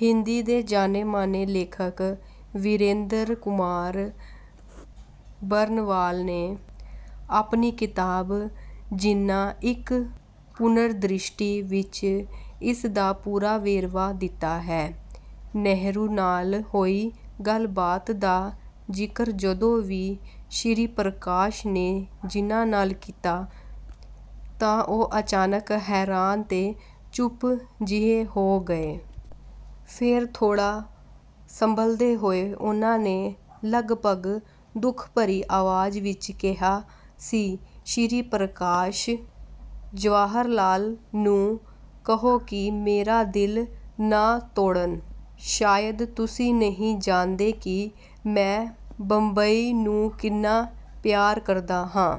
ਹਿੰਦੀ ਦੇ ਜਾਣੇ-ਮਾਣੇ ਲੇਖਕ ਵੀਰੇਂਦਰ ਕੁਮਾਰ ਬਰਨਵਾਲ ਨੇ ਆਪਣੀ ਕਿਤਾਬ 'ਜਿੱਨਾ: ਇੱਕ ਪੁਨਰਦ੍ਰਿਸ਼ਟੀ' ਵਿੱਚ ਇਸ ਦਾ ਪੂਰਾ ਵੇਰਵਾ ਦਿੱਤਾ ਹੈ—"ਨਹਿਰੂ ਨਾਲ ਹੋਈ ਗੱਲਬਾਤ ਦਾ ਜ਼ਿਕਰ ਜਦੋਂ ਵੀ ਸ਼੍ਰੀ ਪ੍ਰਕਾਸ਼ ਨੇ ਜਿੱਨਾ ਨਾਲ ਕੀਤਾ, ਤਾਂ ਉਹ ਅਚਾਨਕ ਹੈਰਾਨ ਤੇ ਚੁੱਪ ਜਿਹੇ ਹੋ ਗਏ। ਫੇਰ ਥੋੜ੍ਹਾ ਸੰਭਲਦੇ ਹੋਏ ਉਹਨਾਂ ਨੇ ਲਗਭਗ ਦੁੱਖ ਭਰੀ ਆਵਾਜ਼ ਵਿੱਚ ਕਿਹਾ ਸੀ, 'ਸ਼੍ਰੀ ਪ੍ਰਕਾਸ਼, ਜਵਾਹਰਲਾਲ ਨੂੰ ਕਹੋ ਕਿ ਮੇਰਾ ਦਿਲ ਨਾ ਤੋੜਨ। ਸ਼ਾਇਦ ਤੁਸੀਂ ਨਹੀਂ ਜਾਣਦੇ ਕਿ ਮੈਂ ਬੰਬਈ ਨੂੰ ਕਿੰਨਾ ਪਿਆਰ ਕਰਦਾ ਹਾਂ।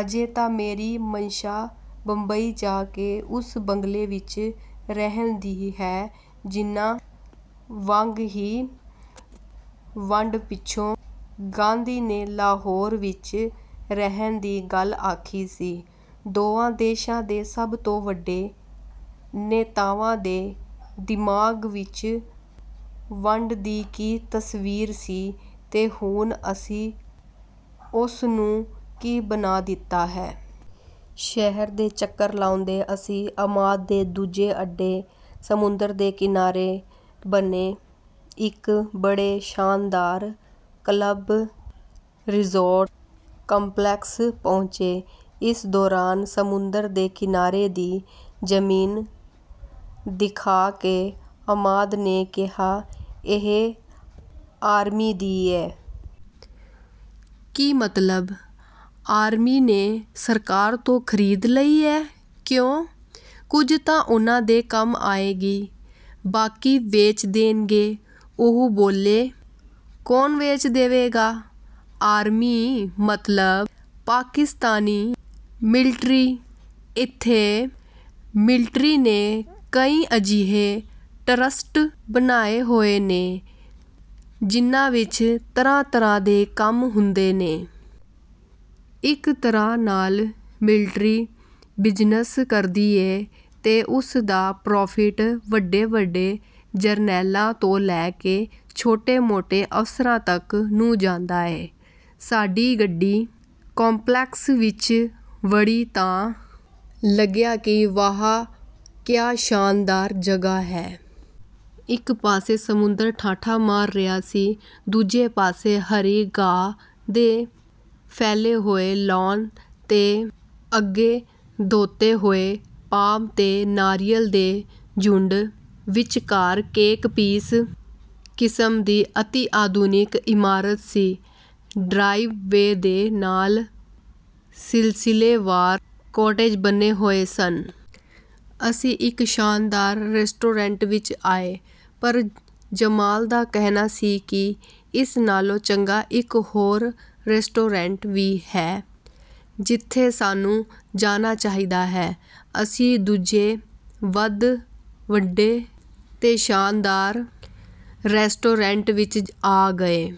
ਅਜੇ ਤਾਂ ਮੇਰੀ ਮੰਸ਼ਾ ਬੰਬਈ ਜਾ ਕੇ ਉਸ ਬੰਗਲੇ ਵਿੱਚ ਰਹਿਣ ਦੀ ਹੈ।'" ਜਿੱਨਾ ਵਾਂਗ ਹੀ ਵੰਡ ਪਿੱਛੋਂ ਗਾਂਧੀ ਨੇ ਲਾਹੌਰ ਵਿੱਚ ਰਹਿਣ ਦੀ ਗੱਲ ਆਖੀ ਸੀ। ਦੋਵਾਂ ਦੇਸ਼ਾਂ ਦੇ ਸਭ ਤੋਂ ਵੱਡੇ ਨੇਤਾਵਾਂ ਦੇ ਦਿਮਾਗ਼ ਵਿੱਚ ਵੰਡ ਦੀ ਕੀ ਤਸਵੀਰ ਸੀ ਤੇ ਹੁਣ ਅਸੀਂ ਉਸਨੂੰ ਕੀ ਬਣਾ ਦਿੱਤਾ ਹੈ। ਸ਼ਹਿਰ ਦੇ ਚੱਕਰ ਲਾਉਂਦੇ ਅਸੀਂ ਅਮਾਦ ਦੇ ਦੂਜੇ ਅੱਡੇ, ਸਮੁੰਦਰ ਦੇ ਕਿਨਾਰੇ ਬਣੇ ਇੱਕ ਬੜੇ ਸ਼ਾਨਦਾਰ ਕਲੱਬ, ਰਿਜ਼ੌਰਟ ਕੰਪਲੈਕਸ ਪਹੁੰਚੇ। ਇਸ ਦੌਰਾਨ ਸਮੁੰਦਰ ਦੇ ਕਿਨਾਰੇ ਦੀ ਜ਼ਮੀਨ ਦਿਖਾ ਕੇ ਅਮਾਦ ਨੇ ਕਿਹਾ, "ਇਹ ਆਰਮੀ ਦੀ ਏ।" "ਕੀ ਮਤਲਬ?" "ਆਰਮੀ ਨੇ ਸਰਕਾਰ ਤੋਂ ਖ਼ਰੀਦ ਲਈ ਏ।" "ਕਿਉਂ?" "ਕੁਝ ਤਾਂ ਉਹਨਾਂ ਦੇ ਕੰਮ ਆਏਗੀ... ਬਾਕੀ ਵੇਚ ਦੇਣਗੇ।" ਉਹ ਬੋਲੇ। "ਕੌਣ ਵੇਚ ਦੇਵੇਗਾ?" "ਆਰਮੀ... ਮਤਲਬ ਪਾਕਿਸਤਾਨੀ ਮਿਲਟਰੀ। ਇੱਥੇ ਮਿਲਟਰੀ ਨੇ ਕਈ ਅਜਿਹੇ ਟਰੱਸਟ ਬਣਾਏ ਹੋਏ ਨੇ, ਜਿਨ੍ਹਾਂ ਵਿੱਚ ਤਰ੍ਹਾਂ-ਤਰ੍ਹਾਂ ਦੇ ਕੰਮ ਹੁੰਦੇ ਨੇ। ਇੱਕ ਤਰ੍ਹਾਂ ਨਾਲ ਮਿਲਟਰੀ ਬਿਜ਼ਨਸ ਕਰਦੀ ਏ ਤੇ ਉਸਦਾ 'ਪ੍ਰਾਫ਼ਿਟ' ਵੱਡੇ-ਵੱਡੇ ਜਰਨੈਲਾਂ ਤੋਂ ਲੈ ਕੇ ਛੋਟੇ-ਮੋਟੇ ਅਫ਼ਸਰਾਂ ਤੱਕ ਨੂੰ ਜਾਂਦਾ ਏ।" ਸਾਡੀ ਗੱਡੀ ਕੰਪਲੈਕਸ ਵਿੱਚ ਵੜੀ ਤਾਂ ਲੱਗਿਆ ਕਿ ਵਾਹ, ਕਿਆ ਸ਼ਾਨਦਾਰ ਜਗ੍ਹਾ ਹੈ। ਇੱਕ ਪਾਸੇ ਸਮੁੰਦਰ ਠਾਠਾਂ ਮਾਰ ਰਿਹਾ ਸੀ। ਦੂਜੇ ਪਾਸੇ ਹਰੀ ਘਾਹ ਦੇ ਫੈਲੇ ਹੋਏ ਲਾਨ ਤੇ ਅੱਗੇ ਧੋਤੇ ਹੋਏ ਪਾਮ ਤੇ ਨਾਰੀਅਲ ਦੇ ਝੁੰਡ। ਵਿਚਕਾਰ 'ਕੇਕ ਪੀਸ' ਕਿਸਮ ਦੀ ਅਤਿ-ਆਧੁਨਿਕ ਇਮਾਰਤ ਸੀ। ਡਰਾਈਵ-ਵੇ ਦੇ ਨਾਲ ਸਿਲਸਿਲੇਵਾਰ ਕਾਟੇਜ ਬਣੇ ਹੋਏ ਸਨ। ਅਸੀਂ ਇੱਕ ਸ਼ਾਨਦਾਰ ਰੈਸਟੋਰੈਂਟ ਵਿੱਚ ਆਏ, ਪਰ ਜਮਾਲ ਦਾ ਕਹਿਣਾ ਸੀ ਕਿ ਇਸ ਨਾਲੋਂ ਚੰਗਾ ਇੱਕ ਹੋਰ ਰੈਸਟੋਰੈਂਟ ਵੀ ਹੈ, ਜਿੱਥੇ ਸਾਨੂੰ ਜਾਣਾ ਚਾਹੀਦਾ ਹੈ। ਅਸੀਂ ਦੂਜੇ, ਵੱਧ ਵੱਡੇ ਤੇ ਸ਼ਾਨਦਾਰ ਰੈਸਟੋਰੈਂਟ ਵਿੱਚ ਆ ਗਏ,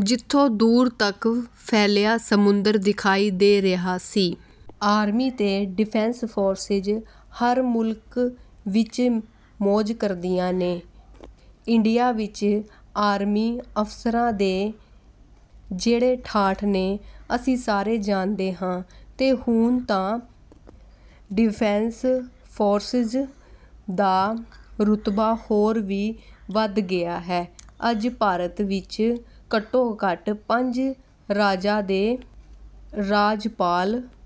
ਜਿੱਥੋਂ ਦੂਰ ਤੱਕ ਫੈਲਿਆ ਸਮੁੰਦਰ ਦਿਖਾਈ ਦੇ ਰਿਹਾ ਸੀ। ਆਰਮੀ ਤੇ ਡਿਫੈਂਸ ਫੋਰਸਜ਼ ਹਰ ਮੁਲਕ ਵਿੱਚ ਮੌਜ਼ ਕਰਦੀਆਂ ਨੇ। ਇੰਡੀਆ ਵਿੱਚ ਆਰਮੀ ਅਫ਼ਸਰਾਂ ਦੇ ਜਿਹੜੇ ਠਾਠ ਨੇ, ਅਸੀਂ ਸਾਰੇ ਜਾਣਦੇ ਹਾਂ। ਤੇ ਹੁਣ ਤਾਂ ਡਿਫੈਂਸ ਫੋਰਸਜ਼ ਦਾ ਰੁਤਬਾ ਹੋਰ ਵੀ ਵਧ ਗਿਆ ਹੈ। ਅੱਜ ਭਾਰਤ ਵਿੱਚ ਘੱਟੋ-ਘੱਟ ਪੰਜ ਰਾਜਾਂ ਦੇ ਰਾਜਪਾਲ...